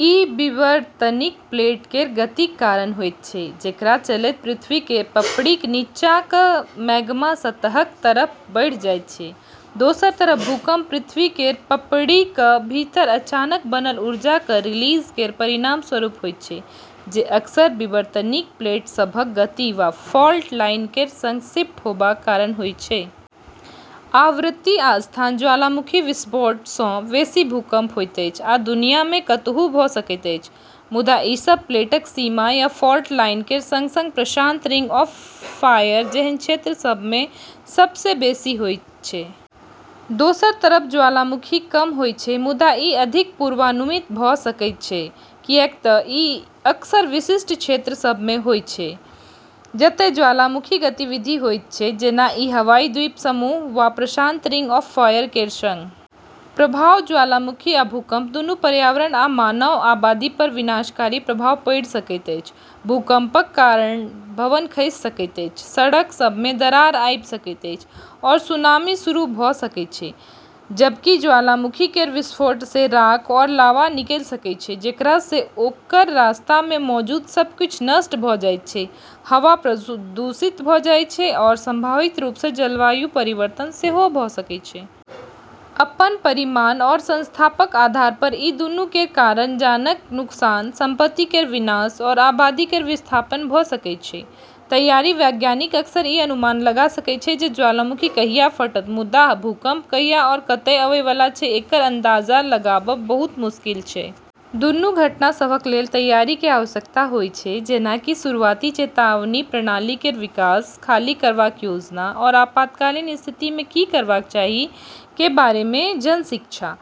ई विवर्तनिक प्लेट केर गतिक कारण होइत छै, जेकरा चलैत पृथ्वी केर पपड़ीक नीचाँक मैग्मा सतहक तरफ बढ़ि जाइत छै। दोसर तरफ भूकंप पृथ्वी केर पपड़ीक भीतर अचानक बनल ऊर्जाक रिलीज केर परिणामस्वरूप होइत छै, जे अक्सर विवर्तनिक प्लेट सभक गति वा फॉल्ट लाइन केर संग शिफ्ट होबाक कारण होइत छै। आवृत्ति आ स्थान: ज्वालामुखी विस्फोटसँ बेसी भूकंप होइत अछि आ दुनियामे कतहु भऽ सकैत अछि। मुदा ई सब प्लेटक सीमा वा फॉल्ट लाइन केर संग-संग प्रशांत रिंग ऑफ फायर जेहन क्षेत्र सभमे सबसँ बेसी होइत छै। दोसर तरफ ज्वालामुखी कम होइत छै मुदा ई अधिक पूर्वानुमानित भऽ सकैत छै, किऐक तऽ ई अक्सर विशिष्ट क्षेत्र सभमे होइत छै, जतय ज्वालामुखी गतिविधि होइत छै, जेना कि हवाई द्वीप समूह वा प्रशांत रिंग ऑफ फायर केर संग। प्रभाव: ज्वालामुखी आ भूकंप दूनू पर्यावरण आ मानव आबादीपर विनाशकारी प्रभाव पाड़ि सकैत अछि। भूकंपक कारण भवन खसि सकैत छै, सड़क सभमे दरार आबि सकैत छै, आओर सुनामी शुरू भऽ सकैत छै, जबकि ज्वालामुखी केर विस्फोटसँ राख आओर लावा निकलि सकैत छै, जेकरासँ ओकर रास्तामे मौजूद सब किछु नष्ट भऽ जाइत छै, हवा प्रदूषित भऽ जाइत छै आओर संभावित रूपसँ जलवायु परिवर्तन सेहो भऽ सकैत छै। अपन परिमाण आओर स्थानक आधारपर ई दूनू केर कारण जानक नुकसान, संपत्ति केर विनाश आओर आबादी केर विस्थापन भऽ सकैत छै। तैयारी: वैज्ञानिक अक्सर ई अनुमान लगाइ सकैत छै जे ज्वालामुखी कहिया फटत, मुदा भूकंप कहिया आओर कतय आबैवाला छै, एकर अंदाजा लगाबब बहुत मुश्किल छै। दूनू घटना सभक लेल तैयारी केर आवश्यकता होइत छै, जेना कि शुरुआती चेतावनी प्रणाली केर विकास, खाली करबाक योजना, आ आपातकालीन स्थितिमे की करबाक चाही केर बारेमे जन शिक्षा।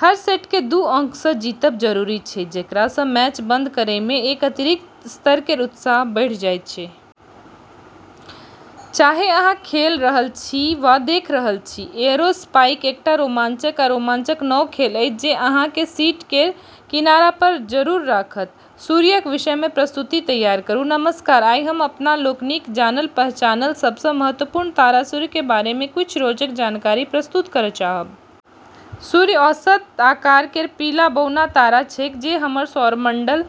हर सेटकेँ दू अंकसँ जीतब जरूरी छै, जेकरासँ मैच बंद करैमे एक अतिरिक्त स्तर केर उत्साह बढ़ि जाइत छै। चाहे अहाँ खेल रहल छी वा देख रहल छी, एयरोस्पाइक एकटा रोमांचक आ रोमांचक नव खेल अछि जे अहाँकेँ सीट केर किनारापर जरूर राखत! सूर्यक विषयमे प्रस्तुति तैयार करू। नमस्कार, आइ हम हमरा लोकनिक जानल-पहचानल सबसँ महत्वपूर्ण तारा सूर्य केर बारेमे किछु रोचक जानकारी प्रस्तुत करब चाहब। सूर्य औसत आकार केर पीला बौना तारा छेकै जे हमर सौरमंडल।